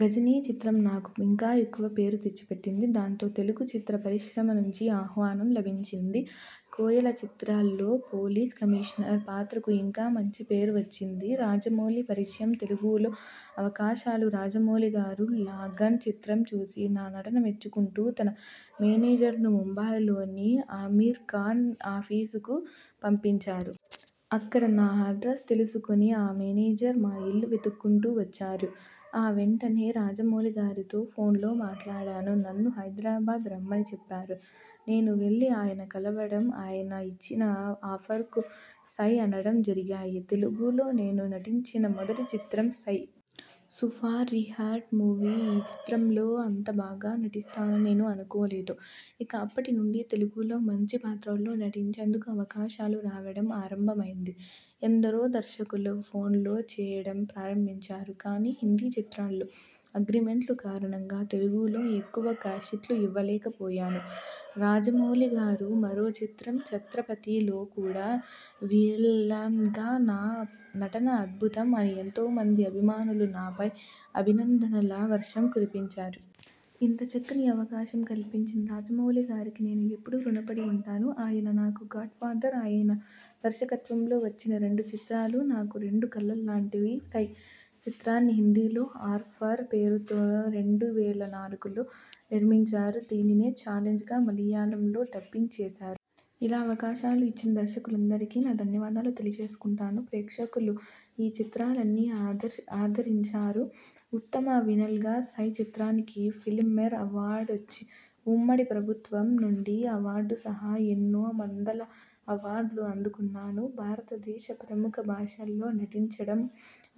గజని చిత్రం నాకు ఇంకా ఎక్కువ పేరు తెచ్చిపెట్టింది. దాంతో తెలుగు చిత్ర పరిశ్రమ నుంచి ఆహ్వానం లభించింది. కోయల చిత్రంలో పోలీస్ కమీషనర్ పాత్రకు ఇంకా మంచిపేరు వచ్చింది. రాజమౌళి పరిచయం తెలుగులో అవకాశాలురాజమౌళిగారు లగాన్ చిత్రం చూసి నా నటన మెచ్చుకుంటూ తన మేనేజర్ను ముంబయిలోని అమీర్ఖాన్ ఆఫీసుకు పంపించారు. అక్కడ నా అడ్రస్ తెలుసుకుని ఆ మేనేజర్ మా ఇల్లు వెతుక్కుంటూ వచ్చారు. ఆ వెంటనే రాజమౌళిగారితో ఫోన్లో మాట్లాడాను. నన్ను హైదరాబాద్ రమ్మని చెప్పారు. నేను వెళ్లి ఆయన కలవడం, ఆయిన ఇచ్చిన ఆఫర్కు 'సై' అనడం జరిగాయి. తెలుగులో నేను నటించిన మొదటి చిత్రం 'సై'. Superhit movie. ఈ చిత్రంలో అంత బాగా నటిస్తానని నేనే అనుకోలేదు. ఇక అప్పటినుండి తెలుగులో మంచిపాత్రల్లో నటించేందుకు అవకాశాలు రావడం ఆరంభమైంది. ఎందరో దర్శకులు ఫోన్లు చేయడం ప్రారంభించారు. కానీ హిందీ చిత్రాల్లో అగ్రిమెంట్ల కారణంగా తెలుగులో ఎక్కువ కాల్షీట్లు ఇవ్వలేకపోయాను. రాజమౌళిగారి మరో చిత్రం 'ఛత్రపతి'లో కూడా విలన్గా నా నటన అద్భుతం అని ఎంతోమంది అభిమానులు నాపైన అభినందనల వర్షం కురిపించారు. ఇంత చక్కని అవకాశం కల్పించిన రాజమౌళిగారికి నేను ఎప్పుడూ రుణపడి ఉంటాను. ఆయన నాకు గాడ్ఫాదర్. ఆయన దర్శకత్వంలో వచ్చిన రెండు చిత్రాలూ నాకు రెండు కళ్ళులాంటివి. సై చిత్రాన్ని హిందీలో 'ఆర్–పార్' పేరుతోరెండు వేల నాలుగు లో నిర్మించారు. దీనినే 'ఛాలెంజ్' గా మలయాళంలోకి డబ్బింగ్ చేశారు. ఇలా అవకాశాలు ఇచ్చిన దర్శకనిర్మాతలందరికీ నా ధన్యవాదాలు తెలియజేసుకుంటున్నాను. ప్రేక్షకులు ఈ చిత్రాలన్నీ ఆదరించారు. ఉత్తమ విలన్గా 'సై' చిత్రానికి ఫిలిమ్ఫేర్ అవార్డు, ఉమ్మడి ప్రభుత్వ నంది అవార్డు సహా ఎన్నో వందల అవార్డులు అందుకున్నాను. భారతదేశ ప్రముఖ భాషల్లో నటించడం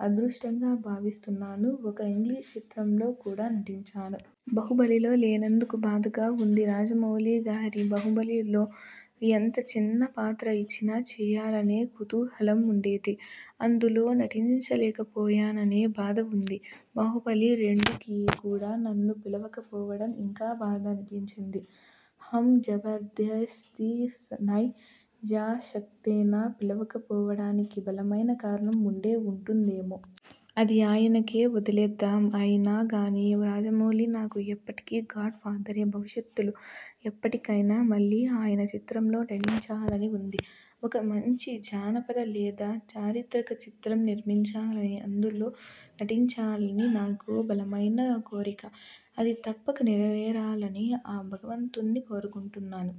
అదృష్టంగా భావిస్తున్నాను. ఒక ఇంగ్లీషు చిత్రంలో కూడా నటించాను. బాహుబలిలోలేనందుకు బాధగా ఉందిరాజమౌళిగారి బాహుబలి లో ఎంత చిన్న పాత్ర ఇచ్చినా చేయాలనే కుతూహలం ఉండేది. అందులో నటించలేకపోయాననే బాధ ఉంది. బాహుబలి రెండు కి కూడా నన్ను పిలవకపోవడం ఇంకా బాధ అనిపించింది. హమ్ జబర్దస్తీ నయ్ జా సక్తేనా. పిలవకపోవడానికి బలమైన కారణం ఉండే ఉంటుందేమో! అది ఆయనకే వదిలేద్దాం. అయినా గానీ రాజమౌళి నాకు ఎప్పటికీ గాడ్ ఫాదరే. భవిష్యత్తులో ఎప్పటికైనా మళ్ళీ ఆయన చిత్రంలో నటించాలని ఉంది. ఒక మంచి జానపద లేదా చారిత్రక చిత్రం నిర్మించాలనీ, అందులో నటించాలనీ నాకో బలమైన కోరిక. అది తప్పక నెరవేరాలని ఆ భగవంతుణ్ణి కోరుకుంటున్నాను.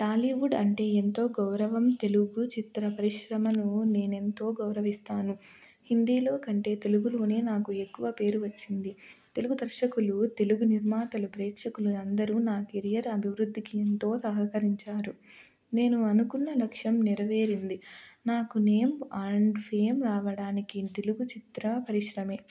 టాలీవుడ్ అంటే ఎంతో గౌరవంతెలుగు చిత్ర పరిశ్రమను నేనెంతో గౌరవిస్తాను. హిందీలో కంటే తెలుగులోనే నాకు ఎక్కువ పేరు వచ్చింది. తెలుగు దర్శకులు, తెలుగు నిర్మాతలు, ప్రేక్షకులు అందరూ నా కెరీర్ అభివృద్ధికి ఎంతో సహకరించారు. నేను అనుకున్న లక్ష్యం నెరవేరింది. నాకు నేమ్ అండ్ ఫేమ్ రావడానికి తెలుగు చిత్ర పరిశ్రమే